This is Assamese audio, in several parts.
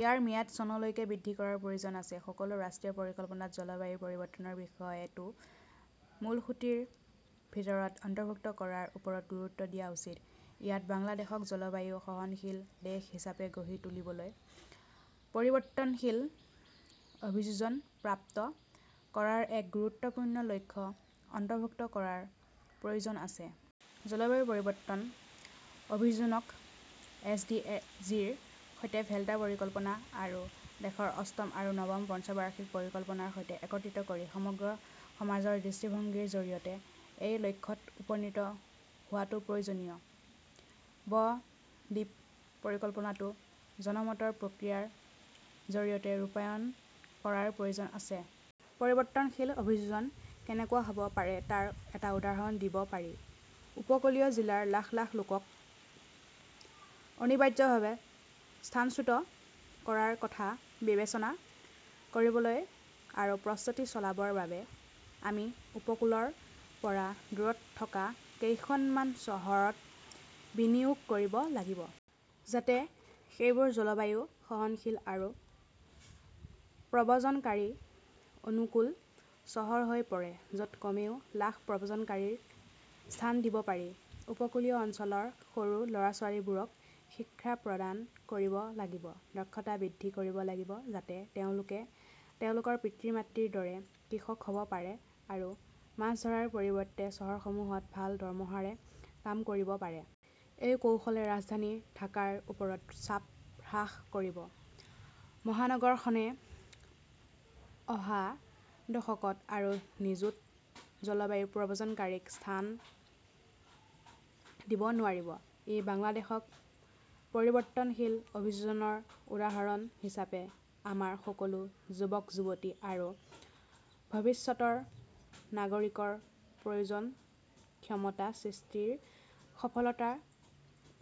ইয়াৰ ম্যাদ চনলৈকে বৃদ্ধি কৰাৰ প্ৰয়োজন আছে। সকলো ৰাষ্ট্ৰীয় পৰিকল্পনাত জলবায়ু পৰিৱৰ্তনৰ বিষয়টো মূলসুঁতিৰ ভিতৰত অন্তৰ্ভুক্ত কৰাৰ ওপৰত গুৰুত্ব দিয়া উচিত। ইয়াত বাংলাদেশক জলবায়ু-সহনশীল দেশ হিচাপে গঢ়ি তুলিবলৈ পৰিৱৰ্তনশীল অভিযোজন প্ৰাপ্ত কৰাৰ এক গুৰুত্বপূৰ্ণ লক্ষ্য অন্তৰ্ভুক্ত কৰাৰ প্ৰয়োজন আছে। জলবায়ু পৰিৱৰ্তন অভিযোজনক এছ ডি জিৰ সৈতে ডেল্টা পৰিকল্পনা আৰু দেশৰ অষ্টম আৰু নৱম পঞ্চবাৰ্ষিক পৰিকল্পনাৰ সৈতে একত্ৰিত কৰি সমগ্ৰ সমাজৰ দৃষ্টিভংগীৰ জৰিয়তে এই লক্ষ্যত উপনীত হোৱাটো প্ৰয়োজনীয়। ব-দ্বীপ পৰিকল্পনাটোও জনমতৰ প্ৰক্ৰিয়াৰ জৰিয়তে ৰূপায়ণ কৰাৰ প্ৰয়োজন আছে। পৰিৱৰ্তনশীল অভিযোজন কেনেকুৱা হ'ব পাৰে তাৰ এটা উদাহৰণ দিব পাৰি। উপকূলীয় জিলাৰ লাখ লাখ লোকক অনিবাৰ্যভাৱে স্থানচ্যুত কৰাৰ কথা বিবেচনা কৰিবলৈ আৰু প্ৰস্তুতি চলাবৰ বাবে আমি উপকূলৰ পৰা দূৰত থকা কেইখনমান চহৰত বিনিয়োগ কৰিব লাগিব। যাতে সেইবোৰ জলবায়ু-সহনশীল আৰু প্ৰব্ৰজনকাৰী-অনুকূল চহৰ হৈ পৰে, য'ত কমেও লাখ প্ৰব্ৰজনকাৰীক স্থান দিব পাৰি। উপকূলীয় অঞ্চলৰ সৰু ল'ৰা-ছোৱালীবোৰক শিক্ষা প্ৰদান কৰিব লাগিব। দক্ষতা বৃদ্ধি কৰিব লাগিব যাতে তেওঁলোকে তেওঁলোকৰ পিতৃ-মাতৃৰ দৰে কৃষক হ'ব পাৰে আৰু মাছ ধৰাৰ পৰিৱৰ্তে চহৰসমূহত ভাল দৰমহাৰে কাম কৰিব পাৰে। এই কৌশলে ৰাজধানী ঢাকাৰ ওপৰত চাপ হ্ৰাস কৰিব। মহানগৰখনে অহা দশকত আৰু নিযুত জলবায়ু প্ৰব্ৰজনকাৰীক স্থান দিব নোৱাৰিব। ই বাংলাদেশক পৰিৱৰ্তনশীল অভিযোজনৰ উদাহৰণ হিচাপে আমাৰ সকলো যুৱক-যুৱতী আৰু ভৱিষ্যতৰ নাগৰিকৰ অভিযোজন ক্ষমতা সৃষ্টিৰ সফলতা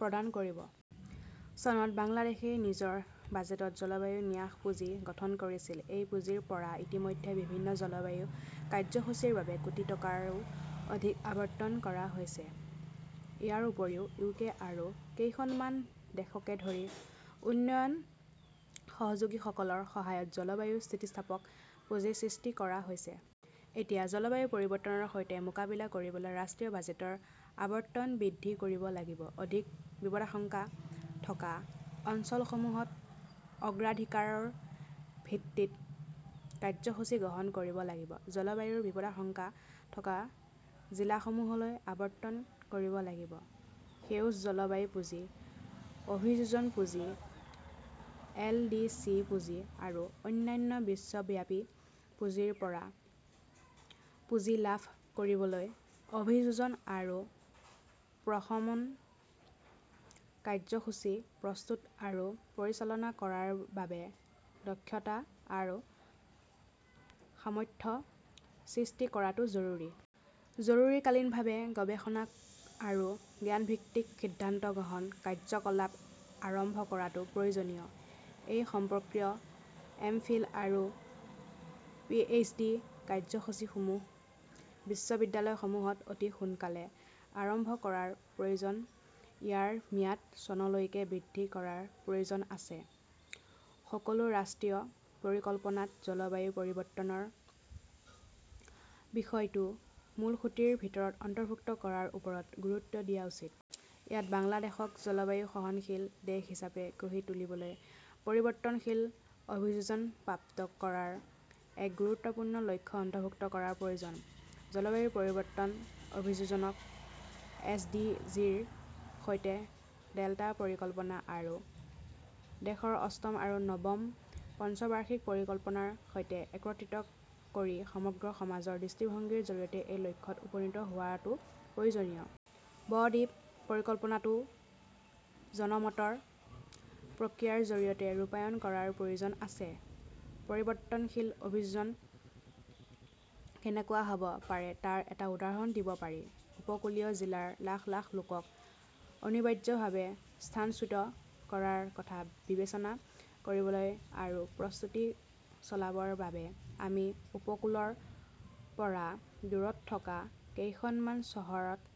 প্ৰদান কৰিব। চনত বাংলাদেশই নিজৰ বাজেটত জলবায়ু ন্যাস পুঁজি গঠন কৰিছিল। এই পুঁজিৰ পৰা ইতিমধ্যে বিভিন্ন জলবায়ু কাৰ্যসূচীৰ বাবে কোটি টকাৰো অধিক আবণ্টন কৰা হৈছে। ইয়াৰ উপৰিও ইউকে আৰু কেইখনমান দেশকে ধৰি উন্নয়ন সহযোগীসকলৰ সহায়ত জলবায়ু স্থিতিস্থাপক পুঁজি সৃষ্টি কৰা হৈছে। এতিয়া জলবায়ু পৰিৱৰ্তনৰ সৈতে মোকাবিলা কৰিবলৈ ৰাষ্ট্ৰীয় বাজেটৰ আবণ্টন বৃদ্ধি কৰিব লাগিব। অধিক বিপদাশংকা থকা অঞ্চলসমূহত অগ্ৰাধিকাৰৰ ভিত্তিত কাৰ্যসূচী গ্ৰহণ কৰিব লাগিব। জলবায়ুৰ বিপদাশংকা থকা জিলাসমূহলৈ আবণ্টন কৰিব লাগিব। সেউজ জলবায়ু পুঁজি, অভিযোজন পুঁজি, এল ডি চি পুঁজি আৰু অন্যান্য বিশ্বব্যাপী পুঁজিৰ পৰা পুঁজি লাভ কৰিবলৈ অভিযোজন আৰু প্ৰশমন কাৰ্যসূচী প্ৰস্তুত আৰু পৰিচালনা কৰাৰ বাবে দক্ষতা আৰু সামৰ্থ্য সৃষ্টি কৰাটো জৰুৰী। জৰুৰীকালীনভাৱে গৱেষণা আৰু জ্ঞানভিত্তিক সিদ্ধান্ত গ্ৰহণ, কাৰ্যকলাপ আৰম্ভ কৰাটো প্ৰয়োজনীয়। এই সম্পৰ্কীয় এমফিল আৰু পিএইচডি কাৰ্যসূচীসমূহ বিশ্ববিদ্যালয়সমূহত অতি সোনকালে আৰম্ভ কৰাৰ প্ৰয়োজন ইয়াৰ ম্যাদ চনলৈকে বৃদ্ধি কৰাৰ প্ৰয়োজন আছে। সকলো ৰাষ্ট্ৰীয় পৰিকল্পনাত জলবায়ু পৰিৱৰ্তনৰ বিষয়টো মূলসুঁতিৰ ভিতৰত অন্তৰ্ভুক্ত কৰাৰ ওপৰত গুৰুত্ব দিয়া উচিত। ইয়াত বাংলাদেশক জলবায়ু-সহনশীল দেশ হিচাপে গঢ়ি তুলিবলৈ পৰিৱৰ্তনশীল অভিযোজন প্ৰাপ্ত কৰাৰ এক গুৰুত্বপূৰ্ণ লক্ষ্য অন্তৰ্ভুক্ত কৰাৰ প্ৰয়োজন আছে। জলবায়ু পৰিৱৰ্তন অভিযোজনক এছ ডি জিৰ সৈতে ডেল্টা পৰিকল্পনা আৰু দেশৰ অষ্টম আৰু নৱম পঞ্চবাৰ্ষিক পৰিকল্পনাৰ সৈতে একত্ৰিত কৰি সমগ্ৰ সমাজৰ দৃষ্টিভংগীৰ জৰিয়তে এই লক্ষ্যত উপনীত হোৱাটো প্ৰয়োজনীয়। ব-দ্বীপ পৰিকল্পনাটোও জনমতৰ প্ৰক্ৰিয়াৰ জৰিয়তে ৰূপায়ণ কৰাৰ প্ৰয়োজন আছে। পৰিৱৰ্তনশীল অভিযোজন কেনেকুৱা হ'ব পাৰে তাৰ এটা উদাহৰণ দিব পাৰি। উপকূলীয় জিলাৰ লাখ লাখ লোকক অনিবাৰ্যভাৱে স্থানচ্যুত কৰাৰ কথা বিবেচনা কৰিবলৈ আৰু প্ৰস্তুতি চলাবৰ বাবে আমি উপকূলৰ পৰা দূৰত থকা কেইখনমান চহৰত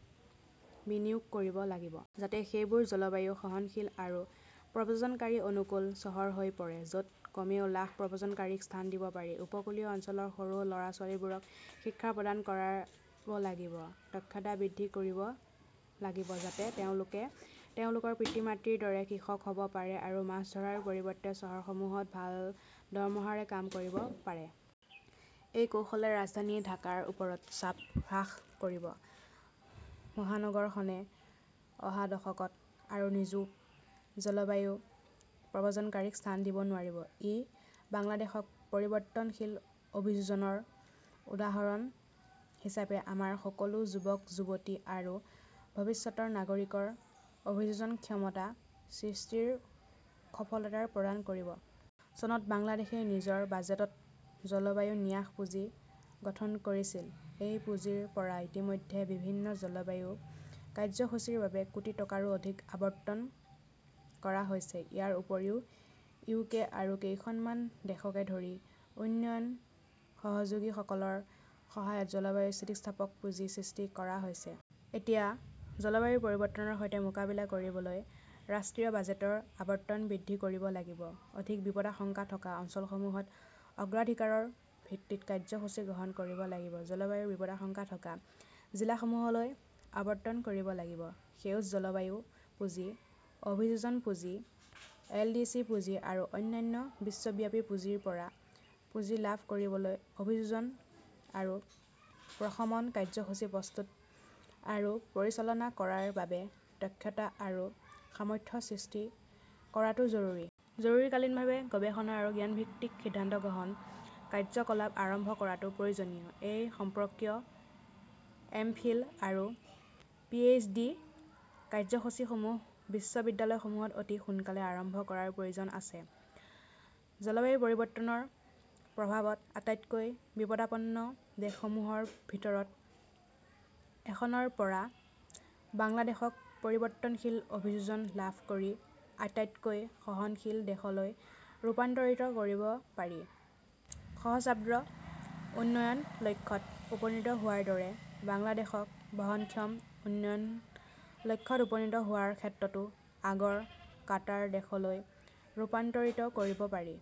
বিনিয়োগ কৰিব লাগিব। যাতে সেইবোৰ জলবায়ু-সহনশীল আৰু প্ৰব্ৰজনকাৰী-অনুকূল চহৰ হৈ পৰে, য'ত কমেও লাখ প্ৰব্ৰজনকাৰীক স্থান দিব পাৰি। উপকূলীয় অঞ্চলৰ সৰু ল'ৰা-ছোৱালীবোৰক শিক্ষা প্ৰদান কৰিব লাগিব। দক্ষতা বৃদ্ধি কৰিব লাগিব যাতে তেওঁলোকে তেওঁলোকৰ পিতৃ-মাতৃৰ দৰে কৃষক হ'ব পাৰে আৰু মাছ ধৰাৰ পৰিৱৰ্তে চহৰসমূহত ভাল দৰমহাৰে কাম কৰিব পাৰে। এই কৌশলে ৰাজধানী ঢাকাৰ ওপৰত চাপ হ্ৰাস কৰিব। মহানগৰখনে অহা দশকত আৰু নিযুত জলবায়ু প্ৰব্ৰজনকাৰীক স্থান দিব নোৱাৰিব। ই বাংলাদেশক পৰিৱৰ্তনশীল অভিযোজনৰ উদাহৰণ হিচাপে আমাৰ সকলো যুৱক-যুৱতী আৰু ভৱিষ্যতৰ নাগৰিকৰ অভিযোজন ক্ষমতা সৃষ্টিৰ সফলতা প্ৰদান কৰিব। চনত বাংলাদেশই নিজৰ বাজেটত জলবায়ু ন্যাস পুঁজি গঠন কৰিছিল। এই পুঁজিৰ পৰা ইতিমধ্যে বিভিন্ন জলবায়ু কাৰ্যসূচীৰ বাবে কোটি টকাৰো অধিক আবণ্টন কৰা হৈছে। ইয়াৰ উপৰিও ইউকে আৰু কেইখনমান দেশকে ধৰি উন্নয়ন সহযোগীসকলৰ সহায়ত জলবায়ু স্থিতিস্থাপক পুঁজি সৃষ্টি কৰা হৈছে। এতিয়া জলবায়ু পৰিৱৰ্তনৰ সৈতে মোকাবিলা কৰিবলৈ ৰাষ্ট্ৰীয় বাজেটৰ আবণ্টন বৃদ্ধি কৰিব লাগিব। অধিক বিপদাশংকা থকা অঞ্চলসমূহত অগ্ৰাধিকাৰৰ ভিত্তিত কাৰ্যসূচী গ্ৰহণ কৰিব লাগিব। জলবায়ুৰ বিপদাশংকা থকা জিলাসমূহলৈ আবণ্টন কৰিব লাগিব। সেউজ জলবায়ু পুঁজি, অভিযোজন পুঁজি, এল ডি চি পুঁজি আৰু অন্যান্য বিশ্বব্যাপী পুঁজিৰ পৰা পুঁজি লাভ কৰিবলৈ অভিযোজন আৰু প্ৰশমন কাৰ্যসূচী প্ৰস্তুত আৰু পৰিচালনা কৰাৰ বাবে দক্ষতা আৰু সামৰ্থ্য সৃষ্টি কৰাটো জৰুৰী। জৰুৰীকালীনভাৱে গৱেষণা আৰু জ্ঞানভিত্তিক সিদ্ধান্ত গ্ৰহণ, কাৰ্যকলাপ আৰম্ভ কৰাটো প্ৰয়োজনীয়। এই সম্পৰ্কীয় এমফিল আৰু পিএইচডি কাৰ্যসূচীসমূহ বিশ্ববিদ্যালয়সমূহত অতি সোনকালে আৰম্ভ কৰাৰ প্ৰয়োজন আছে। জলবায়ু পৰিৱৰ্তনৰ প্ৰভাৱত আটাইতকৈ বিপদাপন্ন দেশসমূহৰ ভিতৰত এখনৰ পৰা বাংলাদেশক পৰিৱৰ্তনশীল অভিযোজন লাভ কৰি আটাইতকৈ সহনশীল দেশলৈ ৰূপান্তৰিত কৰিব পাৰি। সহস্ৰাব্দ উন্নয়ন লক্ষ্যত উপনীত হোৱাৰ দৰে, বাংলাদেশক বহনক্ষম উন্নয়ন লক্ষ্যত উপনীত হোৱাৰ ক্ষেত্ৰতো আগৰ কাটাৰ দেশলৈ ৰূপান্তৰিত কৰিব পাৰি।